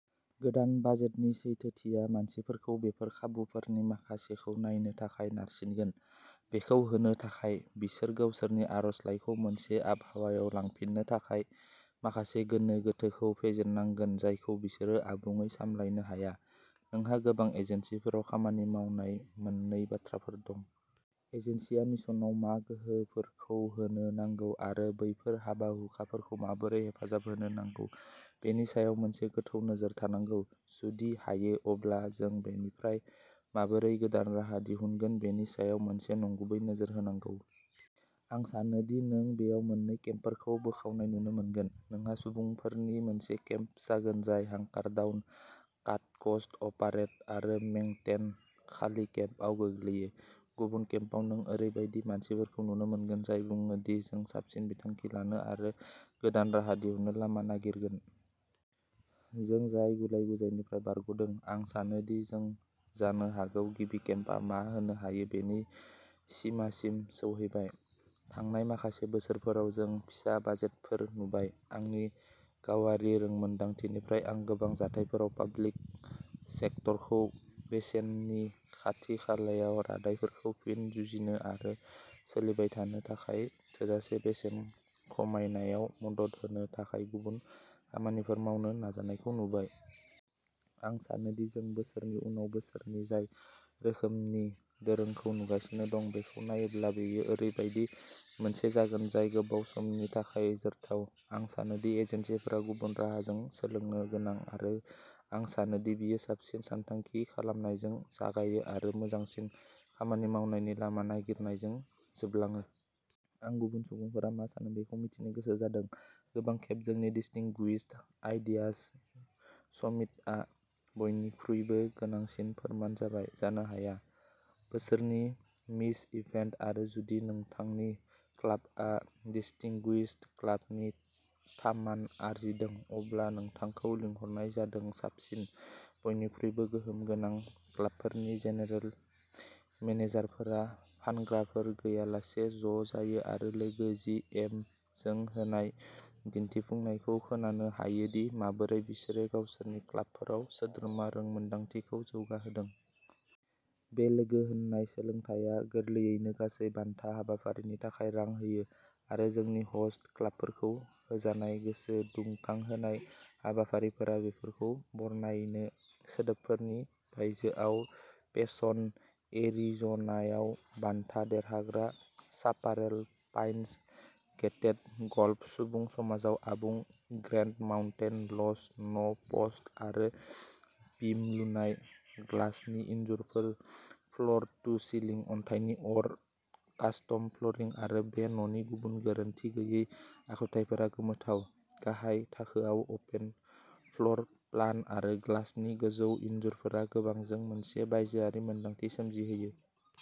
गोदान बाजेटनि सैथोथिया मानसिफोरखौ बेफोर खाबुफोरनि माखासेखौ नायनो थाखाय नारसिनगोन। बेखौ होनो थाखाय, बिसोर गावसोरनि आर'जलाइखौ मोनसे आबहावायाव लांफिननो थाखाय माखासे गोनो गोथोखौ फेजेननांगोन जायखौ बिसोरो आबुङै सामलायनो हाया। नोंहा गोबां एजेन्सिफोराव खामानि मावनाय मोन्नै बाथ्राफोर दं। एजेन्सिआ मिशनआव मा गोहोफोरखौ होनो नांगौ आरो बैफोर हाबा-हुखाफोरखौ माबोरै हेफाजाब होनो नांगौ, बेनि सायाव मोनसे गोथौ नोजोर थानांगौ। जुदि हायो, अब्ला जों बेनिफ्राय माबोरै गोदान राहा दिहुनगोन बेनि सायाव मोनसे नंगुबै नोजोर होनांगौ। आं सानो दि नों बेयाव मोन्नै केम्पफोरखौ बोखावनाय नुनो मोनगोन। नोंहा सुबुंफोरनि मोनसे केम्प जागोन जाय हांकार डाउन, काट कस्ट, अपारेट आरो मेंटेन खालि केम्पआव गोग्लैयो। गुबुन केम्पआव नों ओरैबायदि मानसिफोरखौ नुनो मोनगोन जाय बुङो दि जों साबसिन बिथांखि लानो आरो गोदान राहा दिहुननो लामा नागिरगोन। जों जाय गुलाय-गुजायनिफ्राय बारग'दों। आं सानो दि जों जानो हागौ गिबि केम्पआ मा होनो हायो बेनि सिमासिम सौहैबाय। थांनाय माखासे बोसोरफोराव जों फिसा बाजेटफोर नुबाय। आंनि गावारि रोंमोनदांथिनिफ्राय आं गोबां जाथायफोराव पाब्लिक सेक्टरखौ बेसेननि खाथि-खालायाव रादायफोरखौ फिन जुजिनो आरो सोलिबाय थानो थाखाय थोजासे बेसेन खमायनायाव मदद होनो थाखाय गुबुन खामानिफोर मावनो नाजानायखौ नुबाय। आं सानो दि जों बोसोरनि उनाव बोसोरनि जाय रोखोमनि दोरोंखौ नुगासिनो दं बेखौ नायोब्ला बेयो ओरैबायदि मोनसे जागोन जाय गोबाव समनि थाखाय जोरथाव। आं सानो दि एजेन्सिफोरा गुबुन राहाजों सोलोंनो गोनां आरो आं सानो दि बेयो साबसिन सानथांखि खालामनायजों जागायो आरो मोजांसिन खामानि मावनायनि लामा नागिरनायजों जोबलाङो। आं गुबुन सुबुंफोरा मा सानो बेखौ मिथिनो गोसो जादों। गोबां खेब, जोंनि डिस्टिंगुइश्ड आइडियाज समिटआ बयनिख्रुइबो गोनांसिन फोरमान जाबाय, जानो हाया। बोसोरनि मिस इभेन्ट, आरो जुदि नोंथांनि क्लाबआ डिस्टिंगुइश्ड क्लाबनि थामान आरजिदों, अब्ला नोंथांखौ लिंहरनाय जादों साबसिन, बयनिख्रुइबो गोहोम गोनां क्लाबफोरनि जेनेरेल मेनेजारफोरा फानग्राफोर गैयालासे ज'जायो आरो लोगो जि एम जों होनाय दिन्थिफुंनायखौ खोनानो हायो दि माबोरै बिसोरो गावसोरनि क्लाबफोराव सोद्रोमा रोंमोनदांथिखौ जौगाहोदों। बे लोगो होन्नाय सोलोंथायआ गोरलैयैनो गासै बान्था हाबाफारिनि थाखाय रां होयो, आरो जोंनि ह'स्ट क्लाबफोरजों होजानाय गोसो दुंखांहोनाय हाबाफारिफोरा बेफोरखौ बरनायनो सोदोबफोरनि बायजोआव पेसन, एरिज'नायाव बान्था देरहाग्रा चापारेल पाइन्स गेटेड, गल्फ सुबुं समाजाव आबुं ग्रेन्ड माउन्टेन लज न' प'स्ट आरो बिम लुनाय, ग्लासनि इनजुरफोर, फ्ल'र-टु-सिलिं अन्थाइनि अर, कास्टम फ्ल'रिं आरो बे न'नि गुबुन गोरोनथि गैयै आखुथायफोरा गोमोथाव, गाहाय थाखोआव अपेन फ्ल'र प्लान आरो ग्लासनि गोजौ इनजुरफोरा गोबांजों मोनसे बायजोआरि मोनदांथि सोमजिहोयो।